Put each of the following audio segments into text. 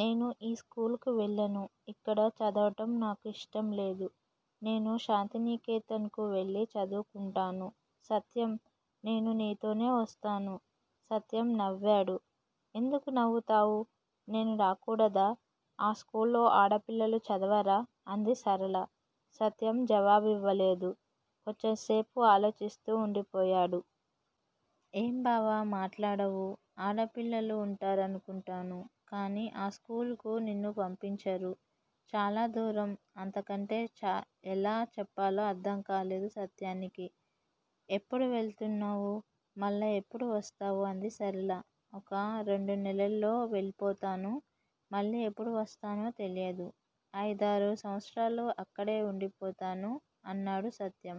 నేను ఈ స్కూలుకు వెళ్ళను. ఇక్కడ చదవటం నాకు ఇష్టంలేదు. నేను శాంతినికేతన్ కు వెళ్ళి చదువుకుంటాను. సత్యం నేనూ నీతోనే వస్తాను. సత్యం నవ్వాడు. ఎందుకు నవ్వుతావు? నేను రాకూడదా! ఆ స్కూల్లో ఆడపిల్లలు చదవరా? అంది సరళ. సత్యం జవాబివ్వలేదు. కొంచెంసేపు ఆలోచిస్తూ ఉండిపోయాడు. ఏం బావా మాట్లాడవు! ఆడపిల్లలు ఉంటారనుకుంటాను. కాని ఆ స్కూలుకు నిన్ను పంపించరు. చాలా దూరం- అంతకంటే ఎలా చెప్పాలో అర్ధంకాలేదు సత్యానికి. ఎప్పుడు వెళుతున్నావు? మళ్ళా ఎప్పుడొస్తావు? అంది సరళ. ఒక రెండు నెలల్లో వెళ్ళిపోతాను. మళ్ళీ ఎప్పుడు వస్తానో తెలియదు. అయిదారు సంవత్సరాలు అక్కడే ఉండిపోతాను అన్నాడు సత్యం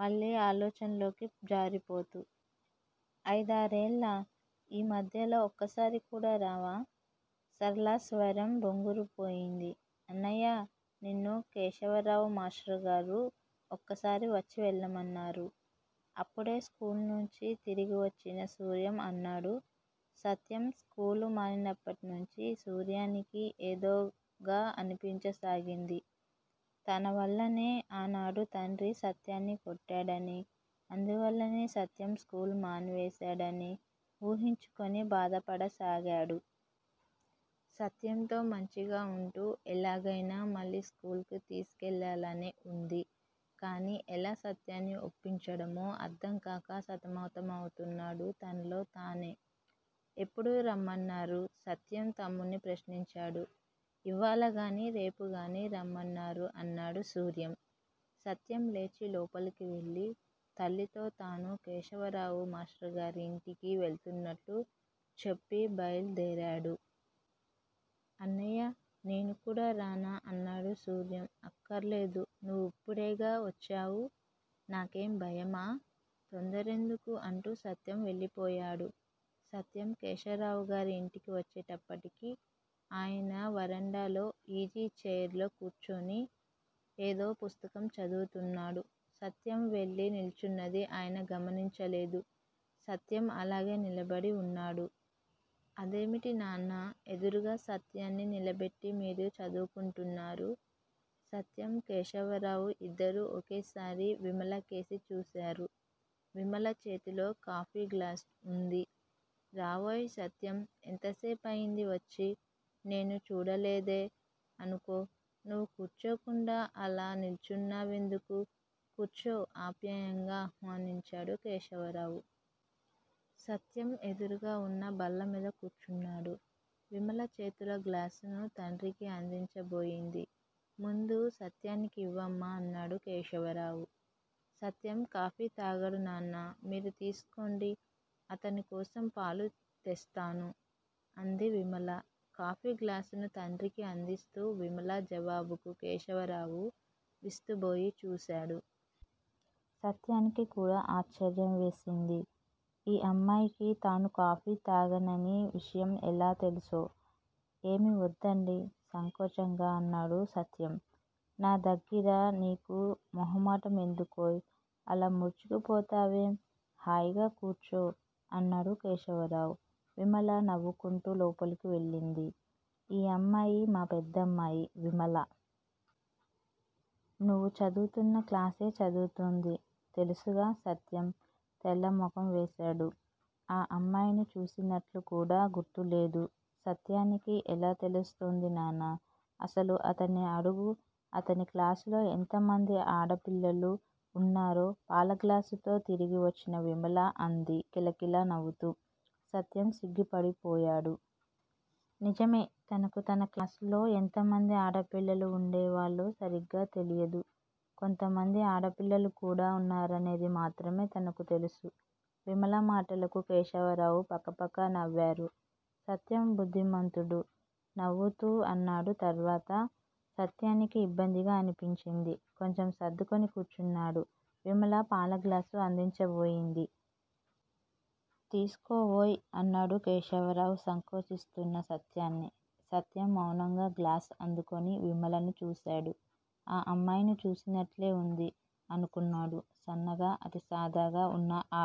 మళ్ళీ ఆలోచనల్లోకి జారిపోతూ. అయిదారేళ్ళా! ఈ మధ్యలో ఒక్కసారికూడా రావా? సరళ స్వరం బొంగురుపోయింది. అన్నయ్యా! నిన్ను కేశవరావు మాష్టరుగారు ఒకసారి వచ్చి వెళ్ళమన్నారు. అప్పుడే స్కూలునుంచి తిరిగివచ్చిన సూర్యం అన్నాడు. సత్యం స్కూలు మానినప్పటినుంచి సూర్యానికి ఏదోగా అనిపించసాగింది. తనవల్లనే ఆనాడు తండ్రి సత్యాన్ని కొట్టాడనీ, అందువల్లనే సత్యం స్కూలు మానివేశాడని ఊహించుకొని బాధపడసాగాడు. సత్యంతో మంచిగా ఉంటూ ఎలాగయినా మళ్ళీ స్కూలుకు తీసుకెళ్ళాలనే వుంది కాని యెలా సత్యాన్ని ఒప్పించడమో అర్ధంకాక సతమతమవుతున్నాడు తనలో తానే. ఎప్పుడు రమ్మన్నారు? సత్యం తమ్ముణ్ణి ప్రశ్నించాడు. ఇవ్వాళగానీ రేపుగానీ రమ్మన్నారు అన్నాడు సూర్యం. సత్యం లేచి లోపలకు వెళ్ళి తల్లితో తను కేశవరావు మాష్టరుగారి ఇంటికి వెళుతున్నట్లు చెప్పి బయలుదేరాడు. అన్నయ్యా! నేనుకూడా రానా? అన్నాడు సూర్యం. అక్కర్లేదు, నువ్విప్పుడేగా వచ్చావు? నాకేం భయమా? తోందరెందుకూ? అంటూ సత్యం వెళ్ళిపోయాడు. సత్యం కేశవరావుగారి ఇంటికి వచ్చేప్పటికి ఆయన వరండాలో ఈజీచైర్ లో కూర్చొని ఏదో పుస్తకం చదువుతున్నాడు. సత్యం వెళ్ళి నిల్చున్నది ఆయన గమనించలేదు. సత్యం అలాగే నిలబడి ఉన్నాడు. అదేమిటి నాన్నా! ఎదురుగా సత్యాన్ని నిలబెట్టి మీరు చదువుకుంటున్నారు? సత్యం, కేశవరావూ ఇద్దరూ ఒకేసారి విమలకేసి చూశారు. విమల చేతిలో కాఫీగ్లాసు ఉంది. రావోయ్ సత్యం! యెంతసేపయింది వచ్చి? నేను చూడలేదే అనుకో! నువ్వు కూర్చోకుండా అలా నిల్చున్నా వెందుకు? కూర్చో ఆప్యాయంగా ఆహ్వానించాడు కేశవరావు. సత్యం యెదురుగా ఉన్న బల్లమీద కూర్చున్నాడు. విమల చేతిలో గ్లాసును తండ్రికి అందించబోయింది. ముందు సత్యానికి ఇవ్వమ్మా! అన్నాడు కేశవరావు. సత్యం కాఫీ తాగడు నాన్నా! మీరు తీసుకోండి. అతనికోసం పాలు తెస్తాను అంది విమల కాఫీగ్లాసును తండ్రికి అందిస్తూ. విమల జవాబుకు కేశవరావు విస్తుబోయి చూశాడు. సత్యానికి కూడా ఆశ్చర్యం వేసింది. ఈ అమ్మాయికి తను కాఫీ తాగనని విషయం యెలా తెలుసో! ఏమీ వద్దండీ! సంకోచంగా అన్నాడు సత్యం. నా దగ్గిర నీకు మొహమాటం ఎందుకోయ్! అలా ముడుచుకుపోతావేం? హాయిగా కూర్చో! అన్నాడు కేశవరావు. విమల నవ్వుకుంటూ లోపలకు వెళ్ళింది. ఈ అమ్మాయి మా పెద్దమ్మాయి విమల. నువ్వు చదువుతున్న క్లాసే చదువుతుంది. తెలుసుగా? సత్యం తెల్లముఖం వేశాడు. ఆ అమ్మాయిని చూసినట్లుకూడా గుర్తులేదు. సత్యానికి యెలా తెలుస్తుంది నాన్నా? అసలు అతన్ని అడుగు, అతని క్లాసులో ఎంతమంది ఆడపిల్లలు ఉన్నారో! పాలగ్లాసుతో తిరిగి వచ్చిన విమల అంది కిలకిల నవ్వుతూ. సత్యం సిగ్గుపడిపోయాడు. నిజమే! తనకు తన క్లాసులో ఎంతమంది ఆడపిల్లలు ఉండేవాళ్ళో సరిగ్గా తెలియదు. కొంతమంది ఆడపిల్లలుకూడా ఉన్నారనేదిమాత్రమే తనకు తెలుసు. విమల మాటలకు కేశవరావు పకపక నవ్వారు. సత్యం బుద్ధిమంతుడు! నవ్వుతూ అన్నాడు తర్వాత. సత్యానికి ఇబ్బందిగా అనిపించింది. కొంచెం సర్దుకొని కూర్చున్నాడు. విమల పాలగ్లాసు అందించబోయింది. తీసుకోవోయ్! అన్నాడు కేశవరావు సంకోచిస్తున్న సత్యాన్ని. సత్యం మౌనంగా గ్లాసు అందుకొని విమలను చూశాడు. ఆ అమ్మాయిని చూసినట్లే ఉంది అనుకున్నాడు. సన్నగా, అతి సాదాగా ఉన్న ఆ